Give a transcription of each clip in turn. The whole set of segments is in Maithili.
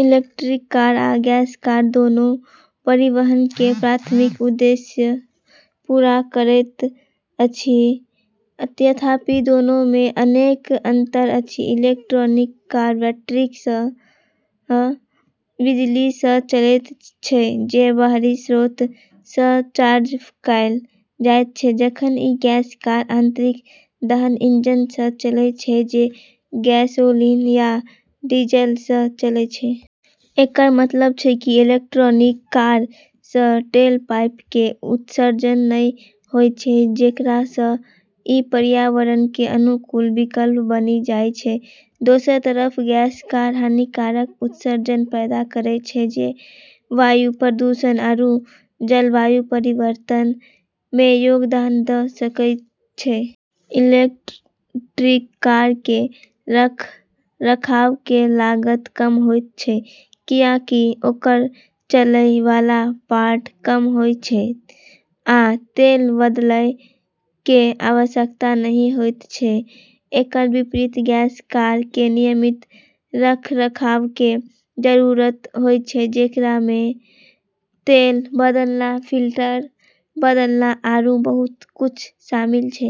इलेक्ट्रिक कार आ गैस कार दुनू परिवहन के प्राथमिक उद्देश्य पूरा करैत अछि, तथापि दुनू मे अनेक अंतर अछि। इलेक्ट्रिक कार बैटरी सँ बिजली सँ चलै छै जे बाहरी स्रोत सँ चार्ज कैल जाइत छै, जखन कि गैस कार आंतरिक दहन इंजन सँ चलै छै जे गैसोलीन या डीजल सँ चलै छै। एकर मतलब छै कि इलेक्ट्रिक कार सँ टेलपाइप के उत्सर्जन नै होय छै, जेकरा सँ ई पर्यावरण के अनुकूल विकल्प बनी जाय छै। दोसर तरफ गैस कार हानिकारक उत्सर्जन पैदा करै छै जे वायु प्रदूषण आरू जलवायु परिवर्तन मे योगदान दऽ सकै छै। इलेक्ट्रिक कार के रखरखाव के लागत कम होयत छै, कियाकि ओकर चलैय वाला पार्ट कम होयत छै आ तेल बदलय के आवश्यकता नहि होयत छै। एकर विपरीत गैस कार के नियमित रखरखाव के जरूरत होय छै, जेकरा म॑ तेल बदलना, फिल्टर बदलना, आरू बहुत कुछ शामिल छै।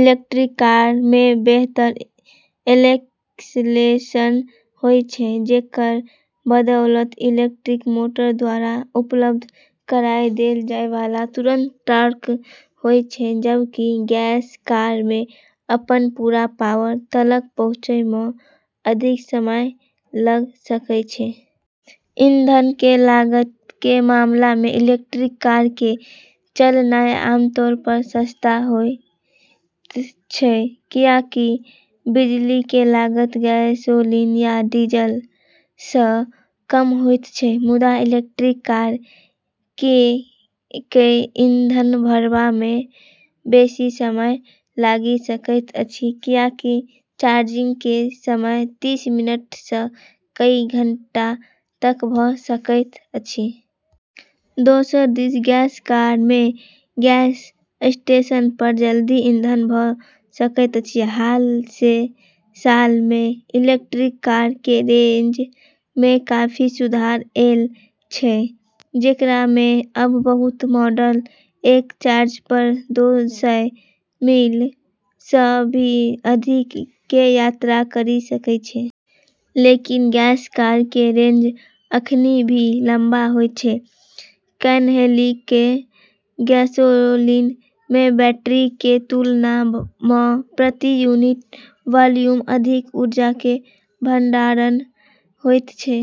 इलेक्ट्रिक कार मे बेहतर एक्सेलरेशन होय छै, जेकर बदौलत इलेक्ट्रिक मोटर द्वारा उपलब्ध कराय देल जाय वाला तुरंत टॉर्क होय छै, जबकि गैस कार मे अपन पूरा पावर तलक पहुँचै म॑ अधिक समय लगऽ सकै छै। ईंधन के लागत के मामला मे, इलेक्ट्रिक कार के चलनाय आमतौर पर सस्ता होयत छै, कियाकि बिजली के लागत गैसोलीन या डीजल सँ कम होयत छै। मुदा इलेक्ट्रिक कार कए ईंधन भरबा मे बेसी समय लागि सकैत अछि, कियाकि चार्जिंग के समय [तीस] मिनट सँ कई घंटा तक भऽ सकैत अछि। दोसर दिस गैस कार मे गैस स्टेशन पर जल्दी ईंधन भऽ सकैत अछि। हाल के साल मे इलेक्ट्रिक कार के रेंज मे काफी सुधार ऐल छै, जेकरा मे अब बहुत मॉडल एक चार्ज पर [दो सय] मील सँ भी अधिक के यात्रा करी सकै छै। लेकिन गैस कार के रेंज अखनी भी लम्बा होय छै, कैन्हेंकि गैसोलीन मे बैटरी के तुलना म॑ प्रति यूनिट वॉल्यूम अधिक ऊर्जा के भंडारण होइत छै।